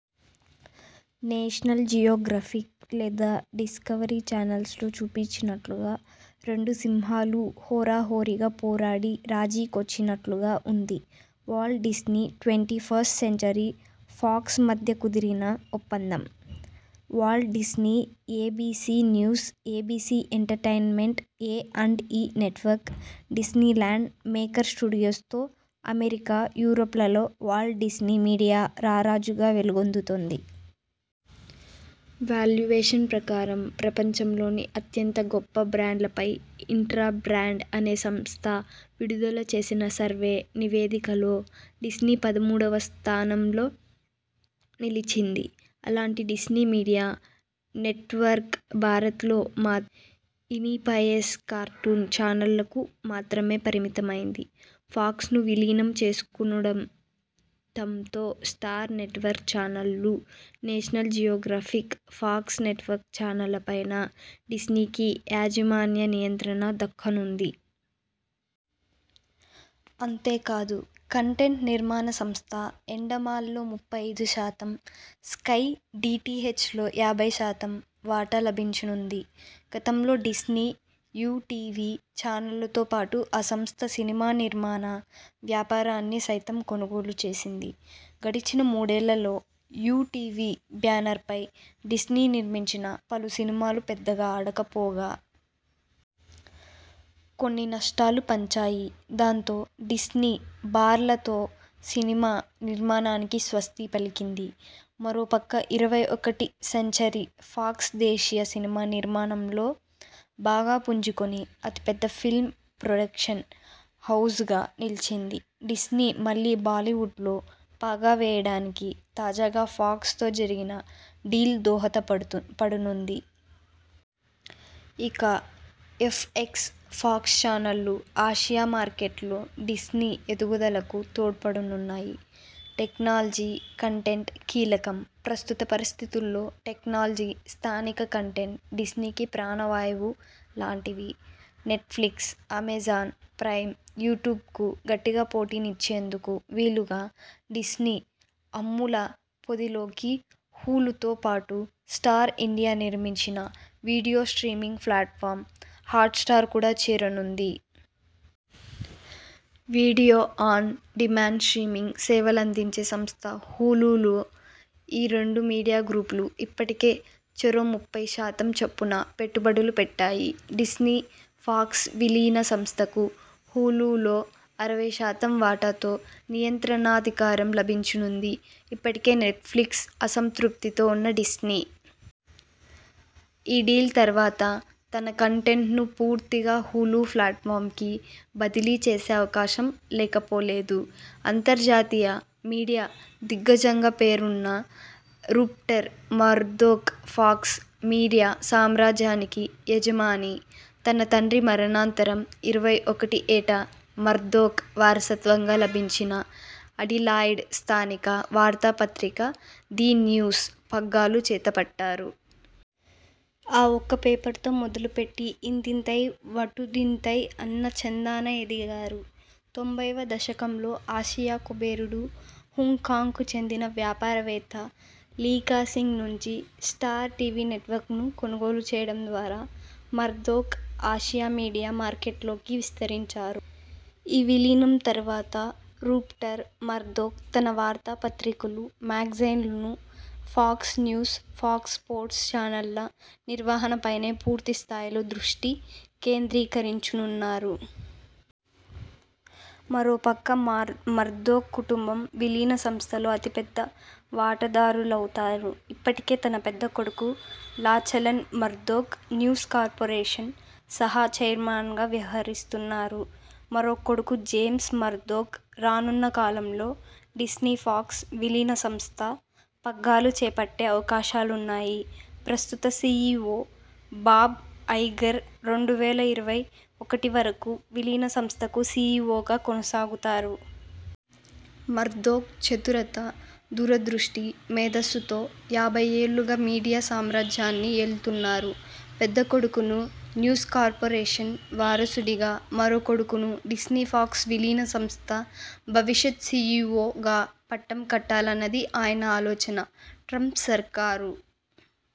National Geographic లేదా Discovery channels లో చూపించినట్లుగా రెండు సింహాలు హోరాహోరీగా పోరాడి రాజీకొచ్చినట్లుగా ఉంది Walt Disney- twenty first Century Fox మధ్య కుదిరిన ఒప్పందం. Walt Disney, ABC News, ABC Entertainment, A and E network, Disneyland, Maker Studios తో అమెరికా, యూర్పలలో వాల్ట్ డిస్నీ మీడియా రారాజుగా వెలుగుతోంది. వేల్యువేషన్ ప్రకారం.. ప్రపంచంలోని అత్యంత గొప్ప బ్రాండ్లపై ఇంట్రా బ్రాండ్ అనే సంస్థ విడుదల చేసిన సర్వే నివేదికలో డిస్నీ పదమూడువ స్థానంలో నిలిచింది. అలాంటి డిస్నీ మీడియా నెట్వర్క్ భారత్లో మాత్రం ఈన్పిఎస్, కార్టూన్ చానెళ్లకు మాత్రమే పరిమితమైంది. ఫాక్స్ను విలీనం చేసుకోనుండటంతో స్టార్ నెట్వర్క్ చానళ్లు, నేషనల్ జియోగ్రాఫిక్, ఫాక్స్ నెట్వర్క్ చానళ్లపైనా డిస్నీకి యాజమాన్య నియంత్రణ దక్కనుంది. అంతేకాదు కంటెంట్ నిర్మాణ సంస్థ ఎండోమాల్లో ముప్పై ఐదు శాతం, స్కై డిటిహెచ్ లో యాభై శాతం వాటా లభించనుంది. గతంలో డిస్నీ.. యుటీవీ చానెళ్లతో పాటు ఆ సంస్థ సినిమా నిర్మాణ వ్యాపారాన్ని సైతం కొనుగోలుచేసింది. గడిచిన మూడేళ్లలో యుటీవీ బ్యానర్ పై డిస్నీ నిర్మించిన పలు సినిమాలు పెద్దగా ఆడకపోగా.. కొన్ని నష్టాలు పంచాయి. దాంతో డిస్నీ భారత్లో సినిమా నిర్మాణానికి స్వస్తి పలికింది. మరో పక్క ఇరవై ఒకటి సెంచరీ ఫాక్స్ దేశీయ సినిమా నిర్మాణంలో బాగా పుంజుకొని అతి పెద్ద ఫిల్మ్ ప్రొడక్షన్ హౌజ్గా నిలిచింది. డిస్నీ మళ్లీ బాలీవుడ్లో పాగా వేయడానికి తాజాగా ఫాక్స్ తో జరిగిన డీల్ దోహద పడనుంది. ఇక ఎఫ్ఎక్స్, ఫాక్స్ చానళ్లు ఆసియా మార్కెట్లో డిస్నీ ఎదుగుదలకు తోడ్పడనున్నాయి. టెక్నాలజీ కంటెంట్ కీలకం ప్రస్తుత పరిస్థితుల్లో టెక్నాలజీ, స్థానిక కంటెంట్ డిస్నీకి ప్రాణ వాయువు లాంటివి. నెట్ ఫ్లిక్స్, అమెజాన్ ప్రైమ్, యూట్యూబ్కు గట్టి పోటీనిచ్చేందుకు వీలుగా డిస్నీ అమ్ముల పొదిలోకి హులుతో పాటు స్టార్ ఇండియా నిర్మించిన వీడియో స్ట్రీమింగ్ ప్లాట్ఫాం 'హాట్స్టార్' కూడా చేరనుంది. వీడియో ఆన్ డిమాండ్, స్ట్రీమింగ్ సేవలందించే సంస్థ హులులో ఈ రెండు మీడియా గ్రూపులు ఇప్పటికే చెరో ముప్పై శాతం చొప్పున పెట్టుబడులు పెట్టాయి. డిస్నీ-ఫాక్స్ విలీన సంస్థకు హులులో అరవై శాతం వాటాతో నియంత్రణాధికారం లభించనుంది. ఇప్పటికే నెట్ ఫ్లిక్స్ అసంతృప్తితో ఉన్న డిస్నీ.. ఈ డీల్ తర్వాత తన కంటెంట్ను పూర్తిగా హులు ప్లాట్ఫాంకి బదిలీ చేసే అవకాశం లేకపోలేదు. అంతర్జాతీయ మీడియా దిగ్గజంగా పేరున్న రూపర్ట్ మర్దోక్ ఫాక్స్ మీడియా సామ్రాజ్యానికి యజమాని. తన తండ్రి మరణాంతరం ఇరవై ఒకటి ఏట మర్దోక్.. వారసత్వంగా లభించిన అడిలాయిడ్ స్థానిక వార్తా పత్రిక 'ది న్యూస్' పగ్గాలు చేతపట్టారు. ఆ ఒక్క పేపర్తో మొదలుపెట్టి ఇంతింతై వటుడింతై అన్న చందాన ఎదిగారు. తొంభైవ దశకంలో ఆసియా కుబేరుడు, హాంకాంగ్కు చెందిన వ్యాపారవేత్త లీకా సింగ్ నుంచి స్టార్ టీవీ నెట్వర్క్ ను కొనుగోలు చేయడం ద్వారా మర్దోక్ ఆసియా మీడియా మార్కెట్లోకి విస్తరించారు. ఈ విలీనం తర్వాత రూపర్ట్ మర్దోక్ తన వార్తా పత్రికలు, మ్యాగజైన్లు, ఫాక్స్ న్యూస్, ఫాక్స్ స్పోర్ట్స్ ఛానెళ్ల నిర్వహణపైనే పూర్తి స్థాయిలో దృష్టి కేంద్రీకరించనున్నారు. మరోపక్క మర్దోక్ కుటుంబం విలీన సంస్థలో అతిపెద్ద వాటాదారులవుతారు. ఇప్పటికే తన పెద్ద కొడుకు లాచలన్ మర్దోక్.. న్యూస్ కార్పొరేషన్ సహ చైర్మన్గా వ్యవహరిస్తున్నారు. మరో కొడుకు జేమ్స్ మర్దోక్ రానున్నకాలంలో డిస్నీ-ఫాక్స్ విలీన సంస్థ పగ్గాలు చేపట్టే అవకాశాలున్నాయి. ప్రస్తుత సి ఇ ఒ బాబ్ ఐగర్ రెండు వేల ఇరవై ఒకటివరకు విలీన సంస్థకు సి ఇ ఒ గా కొనసాగుతారు. మర్దోక్ చతురత, దూరదృష్టి, మేధస్సుతో యాభై ఏళ్లుగా మీడియా సామ్రాజ్యాన్ని ఏలుతున్నారు. పెద్ద కొడుకును న్యూస్ కార్పొరేషన్ వారసుడిగా, మరో కొడుకును డిస్నీ-ఫాక్స్ విలీన సంస్థ భవిష్యత్ సి ఇ ఒ గా పట్టం కట్టాలన్నది ఆయన ఆలోచన. ట్రంప్ సర్కారు